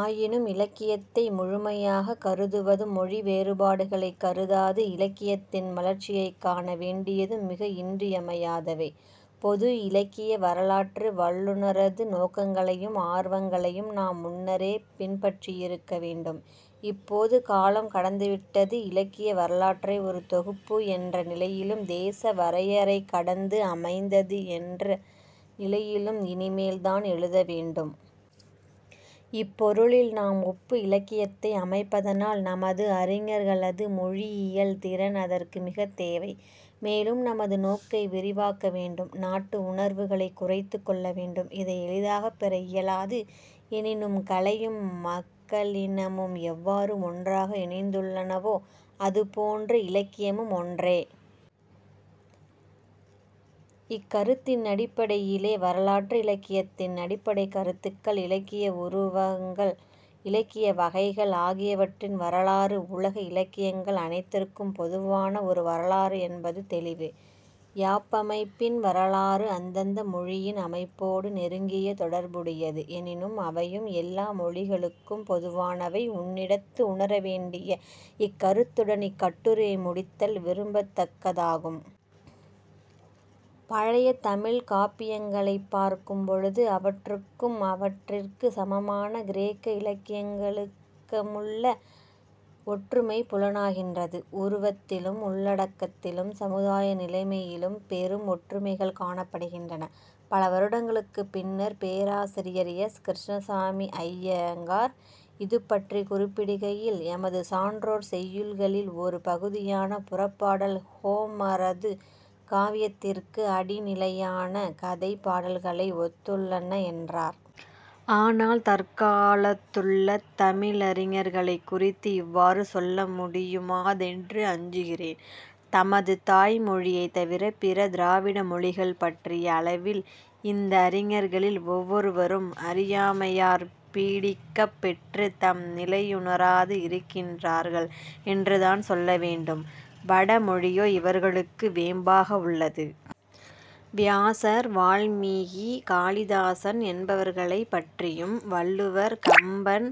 ஆயினும் இலக்கியத்தை முழுமையாகக் கருதுவதும் மொழி வேறுபாடுகளைக் கருதாது இலக்கியத்தின் வளர்ச்சியைக் காண வேண்டியதும் மிக இன்றியமையாதவை. பொது இலக்கிய வரலாற்று வல்லுநரது நோக்கங்களையும் ஆர்வங்களையும் நாம் முன்னரே பின்பற்றியிருக்க வேண்டும். இப்போது காலம் கடந்து விட்டது. இலக்கிய வரலாற்றை ஒரு தொகுப்பு என்ற நிலையிலும் தேச வரையறையைக் கடந்து அமைந்தது என்ற நிலையிலும் இனிமேல் தான் எழுத வேண்டும். இப்பொருளில் நாம் ஒப்பு இலக்கியத்தை அமைப்பதனால் நமது அறிஞர்களது மொழியியல் திறன் அதற்கு மிகத் தேவை. மேலும் நமது நோக்கை விரிவாக்க வேண்டும். நாட்டு உணர்வுகளைக் குறைத்துக் கொள்ள வேண்டும். இதை எளிதாகப் பெற இயலாது. எனினும் கலையும் மக்களினமும் எவ்வாறு ஒன்றாக இணைந்துள்ளனவோ அது போன்று இலக்கியமும் ஒன்றே. இக்கருத்தின் அடிப்படையிலே வரலாற்று இலக்கியத்தின் அடிப்படைக் கருத்துக்கள், இலக்கிய உருவங்கள், இலக்கிய வகைகள் ஆகியவற்றின் வரலாறு உலக இலக்கியங்கள் அனைத்திற்கும் பொதுவான ஒரு வரலாறு என்பது தௌிவு. யாப்பமைப்பின் வரலாறு அந்தந்த மொழியின் அமைப்போடு நெருங்கிய தொடர்புடையது. எனினும் அவையும் எல்லா மொழிகளுக்கும் பொதுவானவை.... " உன்னிடத்து உணர வேண்டிய இக்கருத்துடன் இக்கட்டுரையை முடித்தல் விரும்பத்தக்கதாகும். "பழைய தமிழ்க் காப்பியங்களைப் பார்க்கும் பொழுது, அவற்றுக்கும் அவற்றிற்குச் சமமான கிரேக்க இலக்கியங்களுக்க முள்ள ஒற்றுமை புலனாகின்றது. உருவத்திலும், உள்ளடக்கத்திலும், சமுதாய நிலைமையிலும் பெரும் ஒற்றுமைகள் காணப்படுகின்றன. " பல வருடங்களுக்குப் பின்னர் பேராசிாியர் எஸ். கிருஷ்ணசாமி ஐயங்கார் இதுபற்றிக் குறிப்பிடுகையில், எமது சான்றோர் செய்யுள்களில் ஒரு பகுதியான புறப்பாடல்கள் ஹோமரது காவியத்திற்கு அடிநிலையான கதைப் பாடல்களை ஒத்துள்ளன என்றார். ஆனால், தற்காலத்துள்ள தமிழறிஞர்களைக் குறித்து இவ்வாறு சொல்ல முடியுமாதென்று அஞ்சுகிறேன். தமது தாய் மொழியைத் தவிர, பிற திராவிட மொழிகள் பற்றிய அளவில், இந்த அறிஞர்களில் ஒவ்வொருவரும் அறியாமையாற் பீடிக்கப் பெற்று, தம் நிலையுணராது இருக்கின்றார்கள் என்றுதான் சொல்ல வேண்டும். வட மொழியோ இவர்களுக்கு வேம்பாக உள்ளது. வியாசர், வால்மீகி, காளிதாசன் என்பவர்களைப் பற்றியும், வள்ளுவர், கம்பன்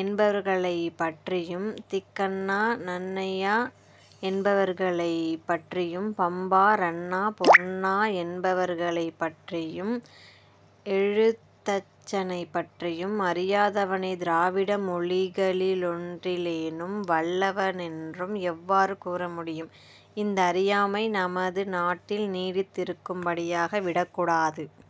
என்பவர்களைப் பற்றியும், திக்கண்ணா, நன்னய்யா என்பவர்களைப் பற்றியும், பம்பா, ரன்னா, பொன்னா என்பவர்களைப் பற்றியும், எழுத்தச்சனைப் பற்றியும், அறியாதவனைத் திராவிட மொழிகளிலொன்றிலேனும் வல்லவனென்று எவ்வாறு கூற முடியும்? இந்த அறியாமை நமது நாட்டில் நீடித்திருக்கும்படியாக விடக்கூடாது.